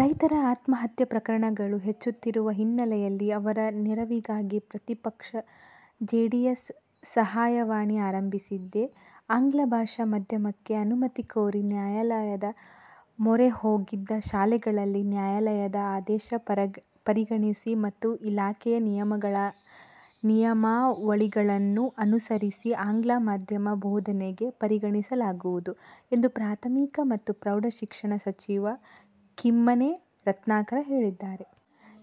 ರೈತರ ಆತ್ಮಹತ್ಯೆ ಪ್ರಕರಣಗಳು ಹೆಚ್ಚುತ್ತಿರುವ ಹಿನ್ನೆಲೆಯಲ್ಲಿ ಅವರ ನೆರವಿಗಾಗಿ ಪ್ರತಿಪಕ್ಷ ಜೆಡಿಎಸ್ ಸಹಾಯವಾಣಿ ಆರಂಭಿಸಿದೆ. ಆಂಗ್ಲ ಭಾಷಾ ಮಾಧ್ಯಮಕ್ಕೆ ಅನುಮತಿ ಕೋರಿ ನ್ಯಾಯಾಲಯದ ಮೊರೆಹೋಗಿದ್ದ ಶಾಲೆಗಳಿಗೆ ನ್ಯಾಯಾಲಯದ ಆದೇಶ ಪರಿಗಣಿಸಿ ಮತ್ತು ಇಲಾಖೆಯ ನಿಯಮಾವಳಿಗಳನ್ನೂ ಅನುಸರಿಸಿ ಆಂಗ್ಲ ಮಾಧ್ಯಮ ಬೋಧನೆಗೆ ಪರಿಗಣಿಸಲಾಗುವುದು ಎಂದು ಪ್ರಾಥಮಿಕ ಮತ್ತು ಪ್ರೌಢ ಶಿಕ್ಷಣ ಸಚಿವ ಕಿಮ್ಮನೆ ರತ್ನಾಕರ ಹೇಳಿದ್ದಾರೆ.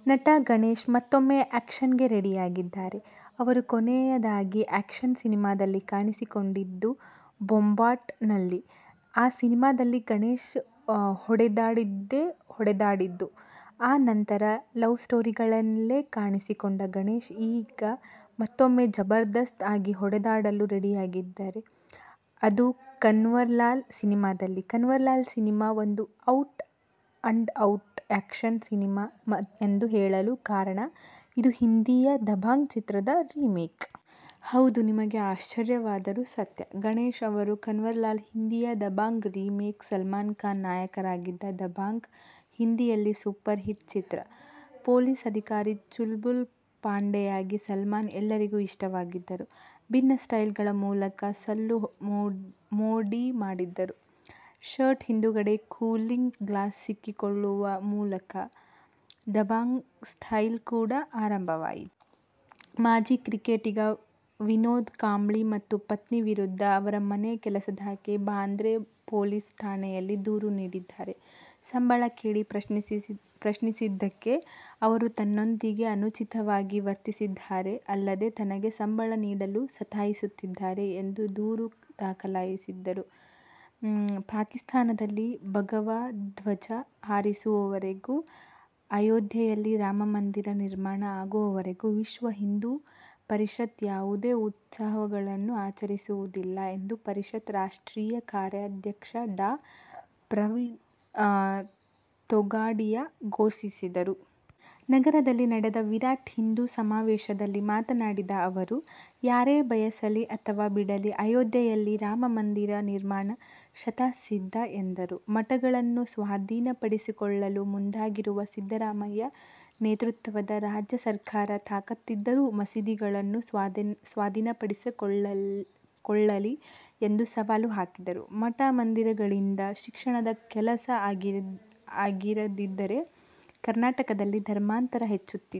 ನಟ ಗಣೇಶ್ ಮತ್ತೂಮ್ಮೆ ಆ್ಯಕ್ಷನ್ಗೆ ರೆಡಿಯಾಗಿದ್ದಾರೆ. ಅವರು ಕೊನೆಯದಾಗಿ ಆ್ಯಕ್ಷನ್ ಸಿನಿಮಾದಲ್ಲಿ ಕಾಣಿಸಿಕೊಂಡಿದ್ದು "ಬೊಂಬಾಟ್'ನಲ್ಲಿ. ಆ ಸಿನಿಮಾದಲ್ಲಿ ಗಣೇಶ್ ಹೊಡೆದಾಡಿದ್ದೇ ಹೊಡೆದಾಡಿದ್ದು. ಆ ನಂತರ ಲವ್ಸ್ಟೋರಿಗಳಲ್ಲೇ ಕಾಣಿಸಿಕೊಂಡ ಗಣೇಶ್ ಈಗ ಮತ್ತೂಮ್ಮೆ ಜಬರ್ದಸ್ತ್ ಆಗಿ ಹೊಡೆದಾಡಲು ರೆಡಿಯಾಗಿದ್ದಾರೆ. ಅದು "ಕನ್ವರ್ಲಾಲ್' ಸಿನಿಮಾದಲ್ಲಿ. "ಕನ್ವರ್ಲಾಲ್' ಸಿನಿಮಾ ಒಂದು out and out action cinema ಎಂದು ಹೇಳಲು ಕಾರಣ, ಇದು ಹಿಂದಿಯ "ದಭಾಂಗ್' ಚಿತ್ರದ ರೀಮೇಕ್. ಹೌದು, ನಿಮಗೆ ಆಶ್ವರ್ಯವಾದರೂ ಸತ್ಯ. ಗಣೇಶ್ ಅವರ "ಕನ್ವರ್ಲಾಲ್' ಹಿಂದಿಯ "ದಭಾಂಗ್' ರೀಮೇಕ್. ಸಲ್ಮಾನ್ ಖಾನ್ ನಾಯಕರಾಗಿದ್ದ "ದಭಾಂಗ್' ಹಿಂದಿಯಲ್ಲಿ ಸೂಪರ್ ಹಿಟ್ ಚಿತ್ರ. ಪೊಲೀಸ್ ಅಧಿಕಾರಿ ಚುಲ್ಬುಲ್ ಪಾಂಡೆಯಾಗಿ ಸಲ್ಮಾನ್ ಎಲ್ಲರಿಗೂ ಇಷ್ಟವಾಗಿದ್ದರು. ಭಿನ್ನ ಸ್ಟೈಲ್ಗಳ ಮೂಲಕ ಸಲ್ಲು ಮೋಡಿ ಮಾಡಿದ್ದರು. ಶರ್ಟ್ ಹಿಂದುಗಡೆ ಕೂಲಿಂಗ್ ಗ್ಲಾಸ್ ಸಿಕ್ಕಿಸಿಕೊಳ್ಳುವ ಮೂಲಕ "ದಭಾಂಗ್ ಸ್ಟೈಲ್' ಕೂಡಾ ಆರಂಭವಾಯಿತು. ಮಾಜಿ ಕ್ರಿಕೆಟಿಗ ವಿನೋದ್ ಕಾಂಬ್ಳಿ ಮತ್ತು ಪತ್ನಿ ವಿರುದ್ಧ ಅವರ ಮನೆ ಕೆಲಸದಾಕೆ ಬಾಂದ್ರಾ ಪೊಲೀಸ್ ಠಾಣೆಯಲ್ಲಿ ದೂರು ನೀಡಿದ್ದಾರೆ. ಸಂಬಳ ಕೇಳಿ ಪ್ರಶ್ನಿಸಿದ್ದಕ್ಕೆ ಅವರು ತನ್ನೊಂದಿಗೆ ಅನುಚಿತವಾಗಿ ವರ್ತಿಸಿದ್ದಾರೆ, ಅಲ್ಲದೆ ತನಗೆ ಸಂಬಳ ನೀಡಲು ಸತಾಯಿಸುತ್ತಿದ್ದಾರೆ ಎಂದು ದೂರು ದಾಖಲಿಸಿದ್ದಾರೆ. ಪಾಕಿಸ್ತಾನದಲ್ಲಿ ಭಗವಾಧ್ವಜ ಹಾರಿಸುವವರೆಗೆ, ಅಯೋಧ್ಯೆಯಲ್ಲಿ ರಾಮಮಂದಿರ ನಿರ್ಮಾಣ ಆಗುವವರೆಗೆ ವಿಶ್ವ ಹಿಂದು ಪರಿಷತ್ ಯಾವುದೇ ಉತ್ಸವಗಳನ್ನು ಆಚರಿಸುವುದಿಲ್ಲ ಎಂದು ಪರಿಷತ್ ರಾಷ್ಟ್ರೀಯ ಕಾರ್ಯಾಧ್ಯಕ್ಷ ಡಾ ಪ್ರವೀಣ ತೊಗಾಡಿಯಾ ಘೋಷಿಸಿದರು. ನಗರದಲ್ಲಿ ನಡೆದ ವಿರಾಟ್ ಹಿಂದು ಸಮಾವೇಶದಲ್ಲಿ ಮಾತನಾಡಿದ ಅವರು, ಯಾರೇ ಬಯಸಲಿ ಅಥವಾ ಬಿಡಲಿ ಅಯೋಧ್ಯೆಯಲ್ಲಿ ರಾಮ ಮಂದಿರ ನಿರ್ಮಾಣ ಶತಃಸಿದ್ಧ ಎಂದರು. ಮಠಗಳನ್ನು ಸ್ವಾಧೀನ ಪಡಿಸಿಕೊಳ್ಳಲು ಮುಂದಾಗಿರುವ ಸಿದ್ದರಾಮಯ್ಯ ನೇತೃತ್ವದ ರಾಜ್ಯ ಸರ್ಕಾರ ತಾಕತ್ತಿದ್ದರೆ ಮಸೀದಿಗಳನ್ನು ಸ್ವಾಧೀನಪಡಿಸಿಕೊಳ್ಳಲಿ ಎಂದು ಸವಾಲು ಹಾಕಿದರು. ಮಠ-ಮಂದಿರಗಳಿಂದ ಶಿಕ್ಷಣದ ಕೆಲಸ ಆಗಿರದಿದ್ದರೆ ಕರ್ನಾಟಕದಲ್ಲಿ ಧರ್ಮಾಂತರ ಹೆಚ್ಚುತ್ತಿತ್ತು.